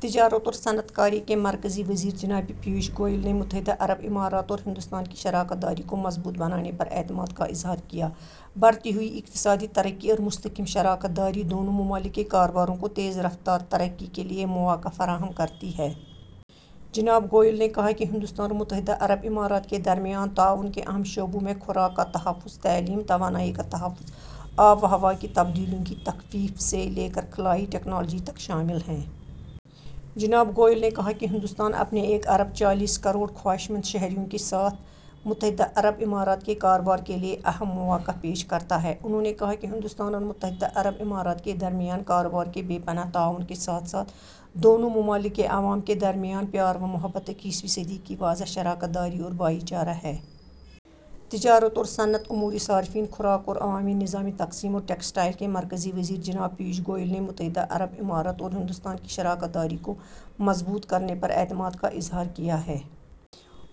تجارت اور صنعت کے مرکزی وزیر جناب پیوش گوئل نے متحدہ عرب امارات اور ہندوستان کی شراکت داری کو مضبوط بنانے پر اعتماد کا اظہار کیا۔ بڑھتی ہوئی اقتصادی ترقی اور مستحکم شراکت داری دونوں ممالک کے کاروباروں کو تیز رفتار ترقی کے لیے مواقع فراہم کرتی ہے۔ جناب گوئل نے کہا کہ ہندوستان اور متحدہ عرب امارات کے درمیان تعاون کے اہم شعبوں میں خوراک کا تحفظ، تعلیم، توانائی کا تحفظ، آب و ہوا کی تبدیلیوں کی تخفیف سے لے کر خلائی ٹیکنالوجی تک شامل ہیں۔ جناب گوئل نے کہا کہ ہندوستان اپنے ایک ارب چالیس کروڑ خواہشمند شہریوں کے ساتھ متحدہ عرب امارات کے کاروبار کے لیے اہم مواقع پیش کرتا ہے۔ انہوں نے کہا کہ ہندوستان اور متحدہ عرب امارات کے درمیان کاروبار کے بے پناہ تعاون کے ساتھ ساتھ دونوں ممالک کے عوام کے درمیان پیار و محبت، اکیسویں صدی کی واضح شراکت داری اور بھائی چارہ ہے۔ تجارت اور صنعت، امور صارفین، خوراک اور عوامی نظام تقسیم اور ٹیکسٹائل کے مرکزی وزیر جناب پیوش گوئل نے متحدہ عرب امارات اور ہندوستان کی شراکت داری کو مضبوط کرنے پر اعتماد کا اظہار کیا ہے۔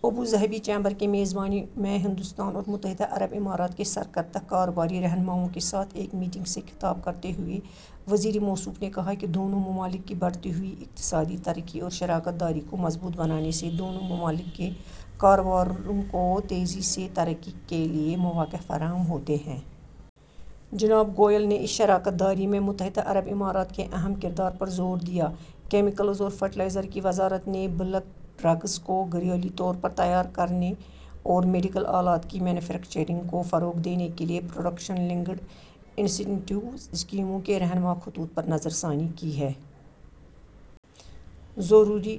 ابوظہبی چیمبر کی میزبانی میں ہندوستان اور متحدہ عرب امارات کے سرکردہ کاروباری رہنماؤں کے ساتھ ایک میٹنگ سے خطاب کرتے ہوئے وزیر موصوف نے کہا کہ دونوں ممالک کی بڑھتی ہوئی اقتصادی ترقی اور شراکت داری کو مضبوط بنانے سے دونوں ممالک کے کاروباروں کو تیزی سے ترقی کے لیے مواقع فراہم ہوتے ہیں۔ جناب گوئل نے اس شراکت داری میں متحدہ عرب امارات کے اہم کردار پر زور دیا۔ کیمیکلز اور فرٹیلائزر کی وزارت نے بلک ڈرگس کو گھریلو طور پر تیار کرنے اور میڈیکل آلات کی مینوفیکچرنگ کو فروغ دینے کے لیے پروڈکشن لنکڈ انسینٹیو اسکیموں کے رہنما خطوط پر نظرثانی کی ہے۔ ضروری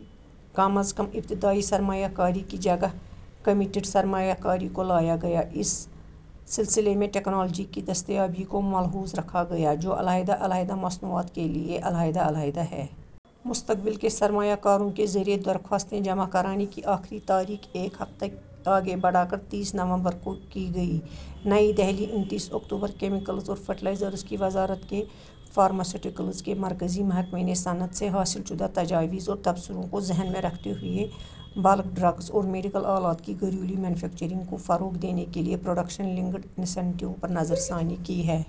کم از کم ابتدائی سرمایہ کاری کی جگہ کمیٹیڈ سرمایہ کاری کو لایا گیا۔ اس سلسلے میں ٹیکنالوجی کی دستیابی کو ملحوظ رکھا گیا، جو علیحدہ علیحدہ مصنوعات کے لیے علیحدہ علیحدہ ہے۔ مستقبل کے سرمایہ کاروں کے ذریعہ درخواستیں جمع کرانے کی آخری تاریخ ایک ہفتہ آگے بڑھا کر تیس نومبر کی گئی۔ نئی دہلی، انتیس اکتوبر۔ کیمیکلز اور فرٹیلائزرز کی وزارت کے فارماسیوٹیکلز کے مرکزی محکمے نے صنعت سے حاصل شدہ تجاویز اور تبصروں کو ذہن میں رکھتے ہوئے بلک ڈرگس اور میڈیکل آلات کی گھریلو مینوفیکچرنگ کو فروغ دینے کے لیے پروڈکشن لنکڈ انسینٹیو پر نظرثانی کی ہے۔